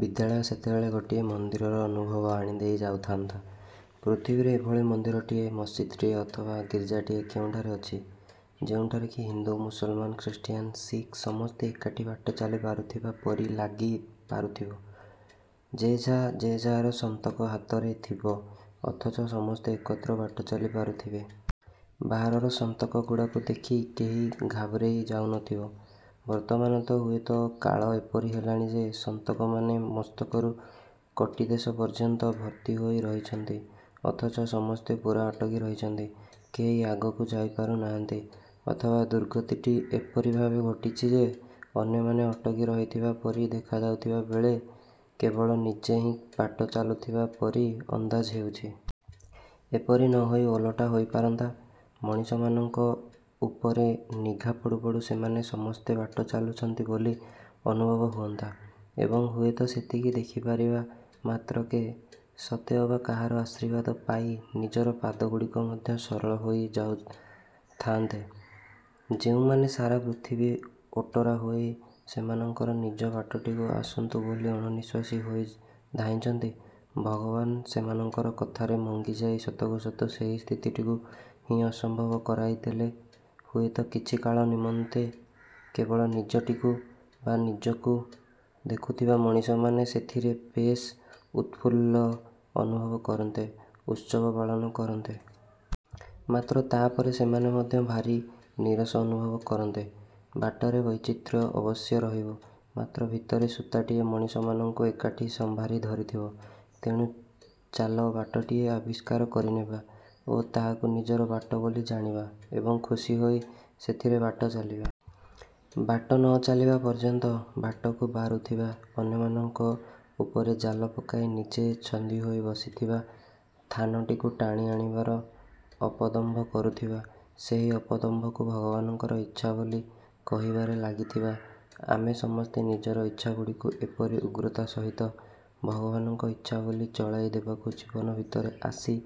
ବିଦ୍ୟାଳୟ ସେତେବେଳେ ଗୋଟିଏ ମନ୍ଦିରର ଅନୁଭବ ଆଣିଦେଇ ଯାଉଥାନ୍ତା। ପୃଥିବୀରେ ଏଭଳି ମନ୍ଦିରଟିଏ, ମସଜିଦ୍ଟିଏ ଅଥବା ଗୀର୍ଜାଟିଏ କେଉଁଠାରେ ଅଛି, ଯେଉଁଠାରେ କି ହିନ୍ଦୁ, ମୁସଲମାନ, ଖ୍ରୀଷ୍ଟିଆନ, ଶିଖ ସମସ୍ତେ ଏକାଠି ବାଟ ଚାଲି ପାରୁଥିବା ପରି ଲାଗି ପାରୁଥିବ? ଯେଝା ଯେଝାର ସନ୍ତକ ହାତରେ ଥିବ ଅଥଚ ସମସ୍ତେ ଏକତ୍ର ବାଟ ଚାଲି ପାରୁଥିବେ? ବାହାରର ସନ୍ତକଗୁଡ଼ାକୁ ଦେଖି କେହି ଘାବରେଇ ଯାଉନଥିବ। ବର୍ତ୍ତମାନ ତ ହୁଏତ କାଳ ଏପରି ହେଲାଣି ଯେ ସନ୍ତକମାନେ ମସ୍ତକରୁ କଟିଦେଶ ପର୍ଯ୍ୟନ୍ତ ଭର୍ତ୍ତି ହୋଇ ରହିଛନ୍ତି ଅଥଚ ସମସ୍ତେ ପୂରା ଅଟକି ରହିଛନ୍ତି, କେହି ଆଗକୁ ଯାଇପାରୁ ନାହାନ୍ତି। ଅଥବା ଦୁର୍ଗତିଟି ଏପରି ଭାବେ ଘୋଟିଛି ଯେ ଅନ୍ୟମାନେ ଅଟକି ରହିଥିବା ପରି ଦେଖାଯାଉଥିବା ବେଳେ କେବଳ ନିଜେ ହିଁ କାଟ ଚାଲୁଥିବା ପରି ଅନ୍ଦାଜ ହେଉଛି। ଏପରି ନ ହୋଇ ଓଲଟା ହୋଇପାରନ୍ତା, ମଣିଷମାନଙ୍କ ଉପରେ ନିଘା ପଡୁ ପଡୁ ସେମାନେ ସମସ୍ତେ ବାଟ ଚାଲୁଛନ୍ତି ବୋଲି ଅନୁଭବ ହୁଅନ୍ତା ଏବଂ ହୁଏତ ସେତିକି ଦେଖିପାରିବା ମାତ୍ରକେ ସତେଅବା କାହାର ଆଶୀର୍ବାଦ ପାଇ ନିଜର ପାଦଗୁଡ଼ିକ ମଧ୍ୟ ସଚଳ ହୋଇ ଯାଉଥାଆନ୍ତେ। ଯେଉଁମାନେ ସାରା ପୃଥିବୀ ଓଟରା ହୋଇ ସେମାନଙ୍କର ନିଜ ବାଟଟିକୁ ଆସନ୍ତୁ ବୋଲି ଅଣନିଃଶ୍ୱାସୀ ହୋଇ ଧାଇଁଛନ୍ତି, ଭଗବାନ ସେମାନଙ୍କର କଥାରେ ମଙ୍ଗିଯାଇ ସତକୁ ସତ ସେହି ସ୍ଥିତିଟିକୁ ହିଁ ସମ୍ଭବ କରାଇଦେଲେ ହୁଏତ କିଛିକାଳ ନିମନ୍ତେ କେବଳ ନିଜଟିକୁ ବା ନିଜକୁ ଦେଖୁଥିବା ମଣିଷମାନେ ସେଥିରେ ବେଶ୍ ଉତ୍ଫୁଲ୍ଲ ଅନୁଭବ କରନ୍ତେ, ଉତ୍ସବ ପାଳନ କରନ୍ତେ। ମାତ୍ର ତାପରେ ସେମାନେ ମଧ୍ୟ ଭାରି ନୀରସ ଅନୁଭବ କରନ୍ତେ। ବାଟରେ ବୈଚିତ୍ର୍ୟ ଅବଶ୍ୟ ରହିବ, ମାତ୍ର ଭିତରେ ସୂତାଟିଏ ମଣିଷମାନଙ୍କୁ ଏକାଠି ସମ୍ଭାରି ଧରିଥିବ। ତେଣୁ ଚାଲ ବାଟଟିଏ ଆବିଷ୍କାର କରିନେବା ଓ ତାହାକୁ ନିଜର ବାଟ ବୋଲି ଜାଣିବା ଏବଂ ଖୁସି ହୋଇ ସେଥିରେ ବାଟ ଚାଲିବା। ବାଟ ନ ଚାଲିବା ପର୍ଯ୍ୟନ୍ତ ବାଟକୁ ବାରୁଥିବା, ଅନ୍ୟମାନଙ୍କ ଉପରେ ଜାଲ ପକାଇ ନିଜେ ଛନ୍ଦିହୋଇ ବସିଥିବା ଥାନଟିକୁ ଟାଣି ଆଣିବାର ଅପଦମ୍ଭ କରୁଥିବା। ସେହି ଅପଦମ୍ଭକୁ ଭଗବାନଙ୍କର ଇଚ୍ଛା ବୋଲି କହିବାରେ ଲାଗିଥିବା। ଆମେ ସମସ୍ତେ ନିଜର ଇଚ୍ଛାଗୁଡ଼ିକୁ ଏପରି ଉଗ୍ରତା ସହିତ ଭଗବାନଙ୍କ ଇଚ୍ଛା ବୋଲି ଚଳାଇ ଦେବାକୁ ଜୀବନ ଭିତରେ ଆସି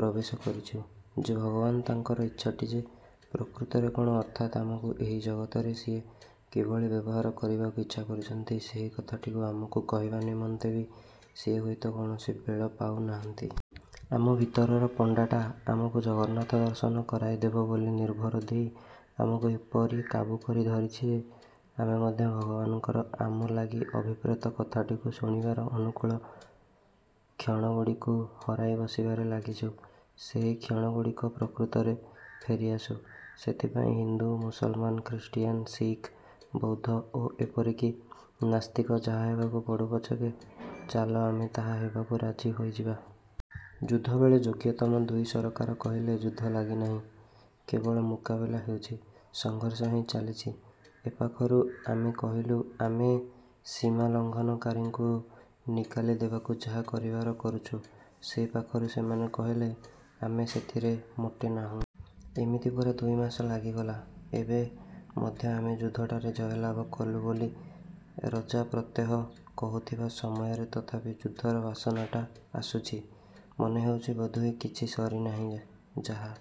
ପ୍ରବେଶ କରିଛୁ ଯେ ଭଗବାନ ତାଙ୍କର ଇଚ୍ଛାଟି ଯେ ପ୍ରକୃତରେ କଣ ଅର୍ଥାତ୍ ଆମକୁ ଏହି ଜଗତରେ ସିଏ କିଭଳି ବ୍ୟବହାର କରିବାକୁ ଇଚ୍ଛା କରୁଛନ୍ତି ସେହି କଥାଟିକୁ ଆମକୁ କହିବା ନିମନ୍ତେ ବି ସିଏ ହୁଏତ କୌଣସି ବେଳ ପାଉନାହାନ୍ତି। ଆମ ଭିତରର ପଣ୍ଡାଟା ଆମକୁ ଜଗନ୍ନାଥ-ଦର୍ଶନ କରାଇଦେବ ବୋଲି ନିର୍ଭର ଦେଇ ଆମକୁ ଏପରି କାବୁକରି ଧରିଛି ଯେ, ଆମେ ମଧ୍ୟ ଭଗବାନଙ୍କର ଆମ ଲାଗି ଅଭିପ୍ରେତ କଥାଟିକୁ ଶୁଣିବାର ଅନୁକୂଳ କ୍ଷଣଗୁଡ଼ିକୁ ହରାଇ ବସିବାରେ ଲାଗିଛୁ। ସେହି କ୍ଷଣଗୁଡ଼ିକ ପ୍ରକୃତରେ ଫେରିଆସୁ। ସେଥିପାଇଁ ହିନ୍ଦୁ, ମୁସଲମାନ, ଖ୍ରୀଷ୍ଟିଆନ, ଶିଖ, ବୌଦ୍ଧ ଓ ଏପରିକି ନାସ୍ତିକ ଯାହା ହେବାକୁ ପଡ଼ୁ ପଛକେ, ଚାଲ ଆମେ ତାହା ହେବାକୁ ରାଜି ହୋଇଯିବା। ଯୁଦ୍ଧବେଳେ ଯୋଗ୍ୟତମ ଦୁଇ ସରକାର କହିଲେ ଯୁଦ୍ଧ ଲାଗି ନାହିଁ, କେବଳ ମୁକାବିଲା ହେଉଛି, ସଂଘର୍ଷ ହିଁ ଚାଲିଛି ଏପାଖରୁ ଆମେ କହିଲୁ ଆମେ ସୀମା ଲଂଘନକାରୀଙ୍କୁ ନିକାଲି ଦେବାକୁ ଯାହା କରିବାର କରୁଛୁ, ସେ ପାଖରୁ ସେମାନେ କହିଲେ, ଆମେ ସେଥିରେ ମୋଟେ ନାହୁଁ। ଏମିତି ପୂରା ଦୁଇମାସ ଲାଗିଗଲା। ଏବେ ମଧ୍ୟ ଆମେ ଯୁଦ୍ଧଟାରେ ଜୟଲାଭ କଲୁ ବୋଲି ରଜା ପ୍ରତ୍ୟହ କହୁଥିବା ସମୟରେ ତଥାପି ଯୁଦ୍ଧର ବାସନାଟା ଆସୁଛି। ମନେହେଉଛି, ବୋଧହୁଏ କିଛି ସରିନାହିଁ। ଯାହା